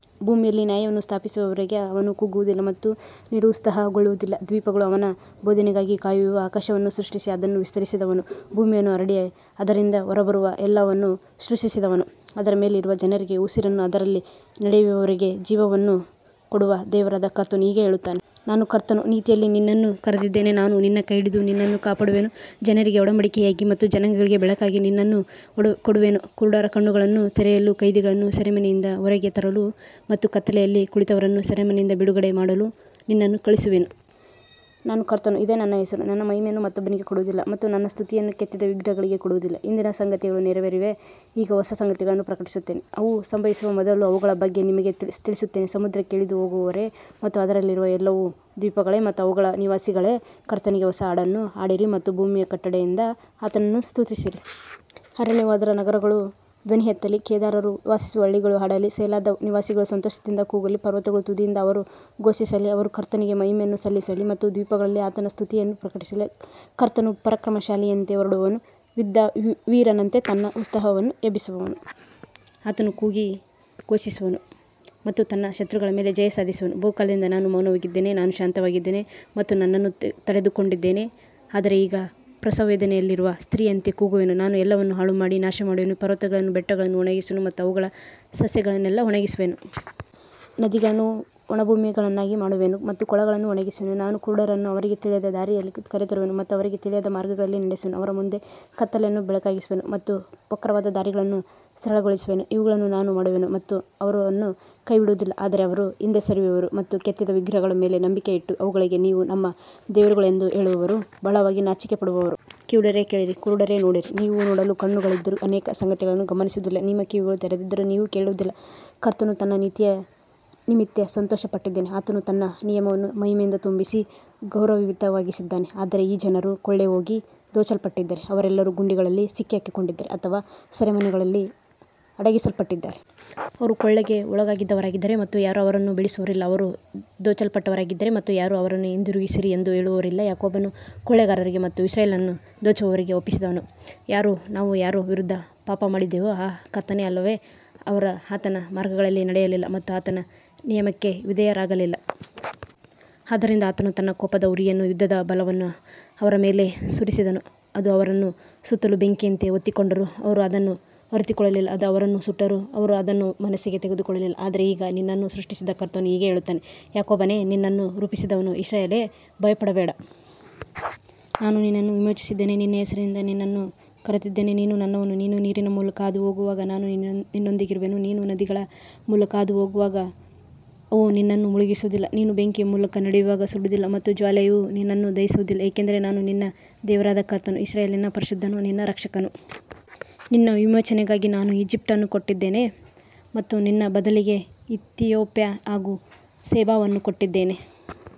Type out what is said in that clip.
ಭೂಮಿಯಲ್ಲಿ ನ್ಯಾಯವನ್ನು ಸ್ಥಾಪಿಸುವವರೆಗೆ ಅವನು ಕುಗ್ಗುವುದಿಲ್ಲ ಮತ್ತು ನಿರುತ್ಸಾಹಗೊಳ್ಳುವುದಿಲ್ಲ. ದ್ವೀಪಗಳು ಅವನ ಬೋಧನೆಗಾಗಿ ಕಾಯುವವು. ಆಕಾಶವನ್ನು ಸೃಷ್ಟಿಸಿ ಅದನ್ನು ವಿಸ್ತರಿಸಿದವನು, ಭೂಮಿಯನ್ನು ಹರಡಿ ಅದರಿಂದ ಹೊರಬರುವ ಎಲ್ಲವನ್ನೂ ಸೃಷ್ಟಿಸಿದವನು, ಅದರ ಮೇಲಿರುವ ಜನರಿಗೆ ಉಸಿರನ್ನೂ ಅದರಲ್ಲಿ ನಡೆಯುವವರಿಗೆ ಜೀವವನ್ನೂ ಕೊಡುವ ದೇವರಾದ ಕರ್ತನು ಹೀಗೆ ಹೇಳುತ್ತಾನೆ. ನಾನು ಕರ್ತನು, ನೀತಿಯಲ್ಲಿ ನಿನ್ನನ್ನು ಕರೆದಿದ್ದೇನೆ. ನಾನು ನಿನ್ನ ಕೈ ಹಿಡಿದು ನಿನ್ನನ್ನು ಕಾಪಾಡುವೆನು. ಜನರಿಗೆ ಒಡಂಬಡಿಕೆಯಾಗಿ ಮತ್ತು ಜನಾಂಗಗಳಿಗೆ ಬೆಳಕಾಗಿ ನಿನ್ನನ್ನು ಕೊಡುವೆನು. ಕುರುಡರ ಕಣ್ಣುಗಳನ್ನು ತೆರೆಯಲು, ಕೈದಿಗಳನ್ನು ಸೆರೆಮನೆಯಿಂದ ಹೊರಗೆ ತರಲು ಮತ್ತು ಕತ್ತಲೆಯಲ್ಲಿ ಕುಳಿತವರನ್ನು ಸೆರೆಮನೆಯಿಂದ ಬಿಡುಗಡೆ ಮಾಡಲು ನಿನ್ನನ್ನು ಕಳುಹಿಸುವೆನು. ನಾನು ಕರ್ತನು, ಇದೇ ನನ್ನ ಹೆಸರು. ನನ್ನ ಮಹಿಮೆಯನ್ನು ಮತ್ತೊಬ್ಬನಿಗೆ ಕೊಡುವುದಿಲ್ಲ ಮತ್ತು ನನ್ನ ಸ್ತುತಿಯನ್ನು ಕೆತ್ತಿದ ವಿಗ್ರಹಗಳಿಗೆ ಕೊಡುವುದಿಲ್ಲ. ಹಿಂದಿನ ಸಂಗತಿಗಳು ನೆರವೇರಿವೆ. ಈಗ ಹೊಸ ಸಂಗತಿಗಳನ್ನು ಪ್ರಕಟಿಸುತ್ತೇನೆ. ಅವು ಸಂಭವಿಸುವ ಮೊದಲು ಅವುಗಳ ಬಗ್ಗೆ ನಿಮಗೆ ತಿಳಿಸುತ್ತೇನೆ. ಸಮುದ್ರಕ್ಕೆ ಇಳಿದು ಹೋಗುವವರೇ ಮತ್ತು ಅದರಲ್ಲಿರುವ ಎಲ್ಲವೂ, ದ್ವೀಪಗಳೇ ಮತ್ತು ಅವುಗಳ ನಿವಾಸಿಗಳೇ, ಕರ್ತನಿಗೆ ಹೊಸ ಹಾಡನ್ನು ಹಾಡಿರಿ ಮತ್ತು ಭೂಮಿಯ ಕಟ್ಟಕಡೆಯಿಂದ ಆತನನ್ನು ಸ್ತುತಿಸಿರಿ. ಅರಣ್ಯವೂ ಅದರ ನಗರಗಳೂ ಧ್ವನಿ ಎತ್ತಲಿ. ಕೇದಾರರು ವಾಸಿಸುವ ಹಳ್ಳಿಗಳೂ ಹಾಡಲಿ. ಸೆಲಾದ ನಿವಾಸಿಗಳು ಸಂತೋಷದಿಂದ ಕೂಗಲಿ. ಪರ್ವತಗಳ ತುದಿಯಿಂದ ಅವರು ಘೋಷಿಸಲಿ. ಅವರು ಕರ್ತನಿಗೆ ಮಹಿಮೆಯನ್ನು ಸಲ್ಲಿಸಲಿ ಮತ್ತು ದ್ವೀಪಗಳಲ್ಲಿ ಆತನ ಸ್ತುತಿಯನ್ನು ಪ್ರಕಟಿಸಲಿ. ಕರ್ತನು ಪರಾಕ್ರಮಶಾಲಿಯಂತೆ ಹೊರಡುವನು. ಯುದ್ಧವೀರನಂತೆ ತನ್ನ ಉತ್ಸಾಹವನ್ನು ಎಬ್ಬಿಸುವನು. ಆತನು ಕೂಗಿ ಘೋಷಿಸುವನು ಮತ್ತು ತನ್ನ ಶತ್ರುಗಳ ಮೇಲೆ ಜಯ ಸಾಧಿಸುವನು. ಬಹುಕಾಲದಿಂದ ನಾನು ಮೌನವಾಗಿದ್ದೇನೆ. ನಾನು ಶಾಂತವಾಗಿದ್ದೇನೆ ಮತ್ತು ನನ್ನನ್ನು ತಡೆದುಕೊಂಡಿದ್ದೇನೆ. ಆದರೆ ಈಗ ಪ್ರಸವವೇದನೆಯಲ್ಲಿರುವ ಸ್ತ್ರೀಯಂತೆ ಕೂಗುವೆನು. ನಾನು ಎಲ್ಲವನ್ನೂ ಹಾಳುಮಾಡಿ ನಾಶಮಾಡುವೆನು. ಪರ್ವತಗಳನ್ನೂ ಬೆಟ್ಟಗಳನ್ನೂ ಒಣಗಿಸುವೆನು ಮತ್ತು ಅವುಗಳ ಸಸ್ಯಗಳನ್ನೆಲ್ಲ ಒಣಗಿಸುವೆನು. ನದಿಗಳನ್ನು ಒಣಭೂಮಿಗಳನ್ನಾಗಿ ಮಾಡುವೆನು ಮತ್ತು ಕೊಳಗಳನ್ನು ಒಣಗಿಸುವೆನು. ನಾನು ಕುರುಡರನ್ನು ಅವರಿಗೆ ತಿಳಿಯದ ದಾರಿಯಲ್ಲಿ ಕರೆತರುವೆನು ಮತ್ತು ಅವರಿಗೆ ತಿಳಿಯದ ಮಾರ್ಗಗಳಲ್ಲಿ ನಡೆಸುವೆನು. ಅವರ ಮುಂದೆ ಕತ್ತಲೆಯನ್ನು ಬೆಳಕಾಗಿಸುವೆನು ಮತ್ತು ವಕ್ರವಾದ ದಾರಿಗಳನ್ನು ಸರಳಗೊಳಿಸುವೆನು. ಇವುಗಳನ್ನು ನಾನು ಮಾಡುವೆನು ಮತ್ತು ಅವರನ್ನು ಕೈಬಿಡುವುದಿಲ್ಲ. ಆದರೆ ಅವರು ಹಿಂದೆ ಸರಿಯುವರು ಮತ್ತು ಕೆತ್ತಿದ ವಿಗ್ರಹಗಳ ಮೇಲೆ ನಂಬಿಕೆ ಇಟ್ಟು ಅವುಗಳಿಗೆ, ನೀವು ನಮ್ಮ ದೇವರುಗಳು ಎಂದು ಹೇಳುವವರು ಬಹಳವಾಗಿ ನಾಚಿಕೆಪಡುವರು. ಕಿವುಡರೇ, ಕೇಳಿರಿ. ಕುರುಡರೇ, ನೋಡಿರಿ. ನೀವು ನೋಡಲು ಕಣ್ಣುಗಳಿದ್ದರೂ ಅನೇಕ ಸಂಗತಿಗಳನ್ನು ಗಮನಿಸುವುದಿಲ್ಲ. ನಿಮ್ಮ ಕಿವಿಗಳು ತೆರೆದಿದ್ದರೂ ನೀವು ಕೇಳುವುದಿಲ್ಲ. ಕರ್ತನು ತನ್ನ ನೀತಿಯ ನಿಮಿತ್ತ ಸಂತೋಷಪಟ್ಟಿದ್ದಾನೆ. ಆತನು ತನ್ನ ನಿಯಮವನ್ನು ಮಹಿಮೆಯಿಂದ ತುಂಬಿಸಿ ಗೌರವಯುತವಾಗಿಸಿದ್ದಾನೆ. ಆದರೆ ಈ ಜನರು ಕೊಳ್ಳೆಹೋಗಿ ದೋಚಲ್ಪಟ್ಟಿದ್ದಾರೆ. ಅವರೆಲ್ಲರೂ ಗುಂಡಿಗಳಲ್ಲಿ ಸಿಕ್ಕಿಹಾಕಿಕೊಂಡಿದ್ದಾರೆ ಅಥವಾ ಸೆರೆಮನೆಗಳಲ್ಲಿ ಅಡಗಿಸಲ್ಪಟ್ಟಿದ್ದಾರೆ. ಅವರು ಕೊಳ್ಳೆಗೆ ಒಳಗಾದವರಾಗಿದ್ದಾರೆ ಮತ್ತು ಯಾರೂ ಅವರನ್ನು ಬಿಡಿಸುವವರಿಲ್ಲ. ಅವರು ದೋಚಲ್ಪಟ್ಟವರಾಗಿದ್ದಾರೆ ಮತ್ತು ಯಾರೂ, ಅವರನ್ನು ಹಿಂದಿರುಗಿಸಿರಿ ಎಂದು ಹೇಳುವವರಿಲ್ಲ. ಯಾಕೋಬನನ್ನು ಕೊಳ್ಳೆಗಾರರಿಗೆ ಮತ್ತು ಇಸ್ರಾಯೇಲನ್ನು ದೋಚುವವರಿಗೆ ಒಪ್ಪಿಸಿದವನು ಯಾರು? ನಾವು ಯಾರ ವಿರುದ್ಧ ಪಾಪಮಾಡಿದ್ದೇವೋ ಆ ಕರ್ತನೇ ಅಲ್ಲವೇ? ಅವರು ಆತನ ಮಾರ್ಗಗಳಲ್ಲಿ ನಡೆಯಲಿಲ್ಲ ಮತ್ತು ಆತನ ನಿಯಮಕ್ಕೆ ವಿಧೇಯರಾಗಲಿಲ್ಲ. ಆದ್ದರಿಂದ ಆತನು ತನ್ನ ಕೋಪದ ಉರಿಯನ್ನೂ ಯುದ್ಧದ ಬಲವನ್ನೂ ಅವರ ಮೇಲೆ ಸುರಿಸಿದನು. ಅದು ಅವರನ್ನು ಸುತ್ತಲೂ ಬೆಂಕಿಯಂತೆ ಹೊತ್ತಿಕೊಂಡರೂ ಅವರು ಅದನ್ನು ಅರಿತುಕೊಳ್ಳಲಿಲ್ಲ. ಅದು ಅವರನ್ನು ಸುಟ್ಟರೂ ಅವರು ಅದನ್ನು ಮನಸ್ಸಿಗೆ ತೆಗೆದುಕೊಳ್ಳಲಿಲ್ಲ. ಆದರೆ ಈಗ ನಿನ್ನನ್ನು ಸೃಷ್ಟಿಸಿದ ಕರ್ತನು ಹೀಗೆ ಹೇಳುತ್ತಾನೆ, ಯಾಕೋಬನೇ, ನಿನ್ನನ್ನು ರೂಪಿಸಿದವನು ಇಸ್ರಾಯೇಲೇ, ಭಯಪಡಬೇಡ. ನಾನು ನಿನ್ನನ್ನು ವಿಮೋಚಿಸಿದ್ದೇನೆ. ನಿನ್ನ ಹೆಸರಿನಿಂದ ನಿನ್ನನ್ನು ಕರೆದಿದ್ದೇನೆ. ನೀನು ನನ್ನವನು. ನೀನು ನೀರಿನ ಮೂಲಕ ಹಾದುಹೋಗುವಾಗ ನಾನು ನಿನ್ನೊಂದಿಗಿರುವೆನು. ನೀನು ನದಿಗಳ ಮೂಲಕ ಹಾದುಹೋಗುವಾಗ ಅವು ನಿನ್ನನ್ನು ಮುಳುಗಿಸುವುದಿಲ್ಲ. ನೀನು ಬೆಂಕಿಯ ಮೂಲಕ ನಡೆಯುವಾಗ ಸುಡುವುದಿಲ್ಲ ಮತ್ತು ಜ್ವಾಲೆಯು ನಿನ್ನನ್ನು ದಹಿಸುವುದಿಲ್ಲ. ಏಕೆಂದರೆ ನಾನು ನಿನ್ನ ದೇವರಾದ ಕರ್ತನು, ಇಸ್ರಾಯೇಲಿನ ಪರಿಶುದ್ಧನು, ನಿನ್ನ ರಕ್ಷಕನು. ನಿನ್ನ ವಿಮೋಚನೆಗಾಗಿ ನಾನು ಈಜಿಪ್ಟನ್ನು ಕೊಟ್ಟಿದ್ದೇನೆ ಮತ್ತು ನಿನ್ನ ಬದಲಿಗೆ ಇಥಿಯೋಪ್ಯಾ ಹಾಗೂ ಸೆಬಾವನ್ನು ಕೊಟ್ಟಿದ್ದೇನೆ.